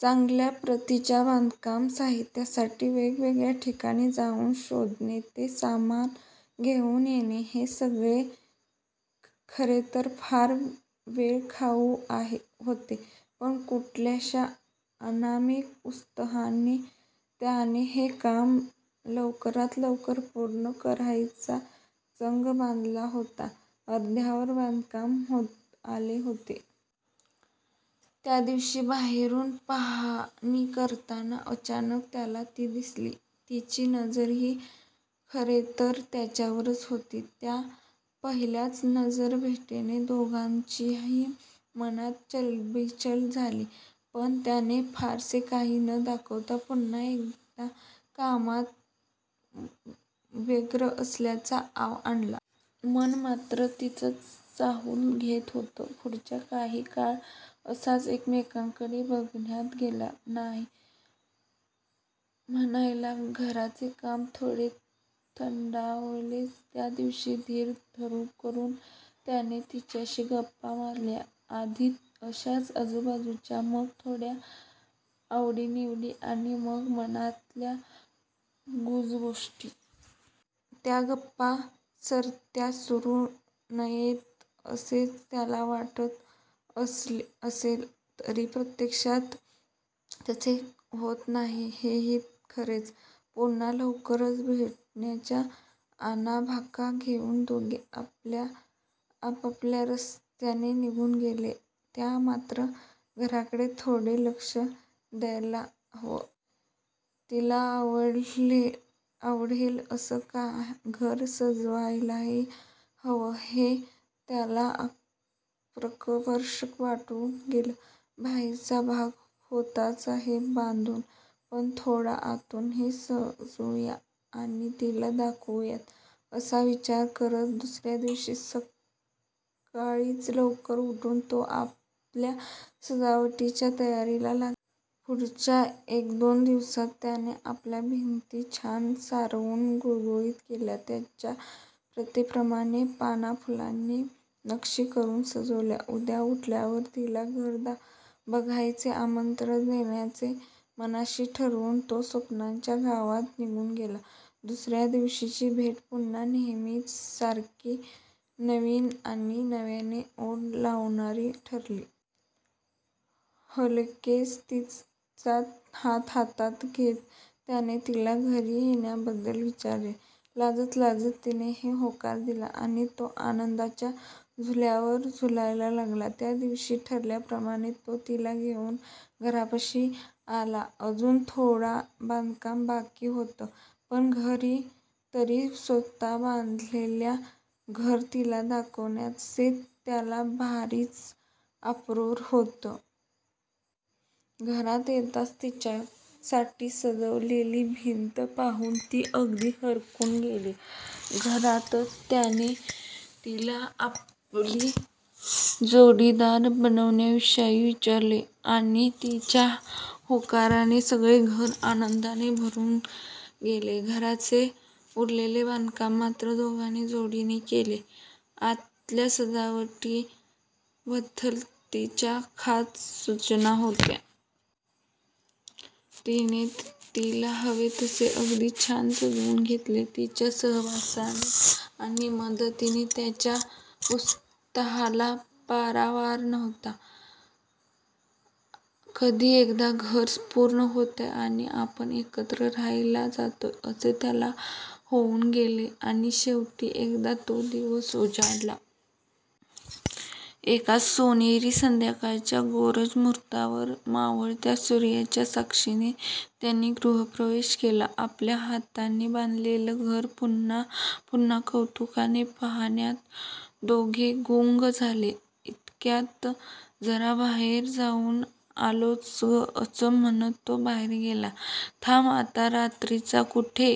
चांगल्या प्रतीच्या बांधकाम साहित्यासाठी वेगवेगळ्या ठिकाणी जाऊन शोधणे. ते सामान घेऊन येणे हे सगळे खरेतर फार वेळखाऊ होते. पण कुठल्याशा अनामिक उत्साहाने त्याने हे काम लवकरात लवकर पूर्ण करायचा चंग बांधला होता. अर्ध्यावर बांधकाम होत आले होते. त्यादिवशी बाहेरून पाहाणी करताना अचानक त्याला ती दिसली. तिची नजरही खरेतर त्याच्यावरच होती. त्या पहिल्याच नजर भेटीने दोघांच्याही मनात चलबिचल झाली. पण त्याने फारसे काही न दाखवता पुन्हा एकदा कामात व्यग्र असल्याचा आव आणला. मन मात्र तिचीच चाहूल घेत होतं. पुढचा काही काळ असाच एकमेकांकडे बघण्यात गेले. नाही म्हणायला घराचे काम थोडे थंडावलेच. त्यादिवशी धीर करून त्याने तिच्याशी गप्पा मारल्या. आधी अशाच आजूबाजूच्या, मग थोड्या आवडी निवडी आणि मग मनातल्या गुजगोष्टी. त्या गप्पा सरत्या सरू नयेत असेच त्याला वाटत असले तरी प्रत्यक्षात तसे होत नाही हे ही खरेच. पुन्हा लवकरच भेटण्याच्या आणाभाका घेऊन दोघे आपापल्या रस्त्याने निघून गेले. आता मात्र घराकडे थोडं लक्ष द्यायला हवं. तीला आवडेल असं घर सजवायलाही हवं हे त्याला प्रकर्षाने वाटून गेलं. 'बाहेरचा भाग होतोच आहे बांधून, पण थोडं आतूनही सजवूयात आणि तीला दाखवूयात' असा विचार करत दुसऱ्यादिवशी सक्काळीच लवकर उठून तो आतल्या सजावटीच्या तयारीला लागला. पुढच्या एकदोन दिवसात त्याने आतल्या भिंती छान सारवून गुळगुळीत केल्या. त्यांच्या प्रथेप्रमाणे पानाफुलांची नक्षी करून सजवल्या. उद्या भेटल्यावर तीला घर बघायचे आमंत्रण देण्याचे मनाशी ठरवून तो स्वप्नांच्या गावात निघून गेला. दुसऱ्या दिवशीची भेट पुन्हा नेहेमीच सारखी नवीन आणि नव्याने ओढ लावणारी ठरली. हलकेच तीचा हात हातात घेत त्याने तीला घरी येण्याबद्दल विचारलं. लाजत लाजत तिनेही होकार दिला आणि तो आनंदाच्या झुल्यावर झुलायला लागला. त्यादिवशी ठरल्याप्रमाणे तो तीला घेऊन घरापाशी आला. अजून थोडं बांधकाम बाकी होतं पण तरी स्वतः बांधलेले घर तीला दाखवण्याचे त्याला भारीच अप्रूप होतं. घरात येताच तिच्यासाठी सजवलेली भिंत पाहून ती अगदी हरखून गेली. घरातच त्याने तीला आपली जोडीदार बनण्याविषयी विचारले आणि तीच्या होकाराने सगळे घर आनंदाने भरून गेले. घराचे उरलेले बांधकाम मात्र दोघांनी जोडीने केले. आतल्या सजावटी बद्दल तिच्या खास सुचना होत्या. तीने तीला हवे तसे अगदी छान सजवून घेतले. तीच्या सहवासाने आणि मदतीने त्याच्या उत्साहाला पारावार नव्हता. कधी एकदा घर पूर्ण होतंय आणि आपण एकत्र राहायला जातोय असे त्याला होऊन गेले. आणि शेवटी एकदा तो दिवस उजाडला. एका सोनेरी संध्याकाळच्या गोरज मुहुर्तावर मावळत्या सूर्याच्या साक्षीने त्यांनी गृहप्रवेश केला. आपल्या हातांनी बांधलेलं घर पुन्हा पुन्हा कौतुकाने पहाण्यात दोघे गुंग झाले. इतक्यात 'जरा बाहेर जाऊन आलोच गं' असं म्हणत तो बाहेर गेला. 'थांब आता रात्रीचा कुठे?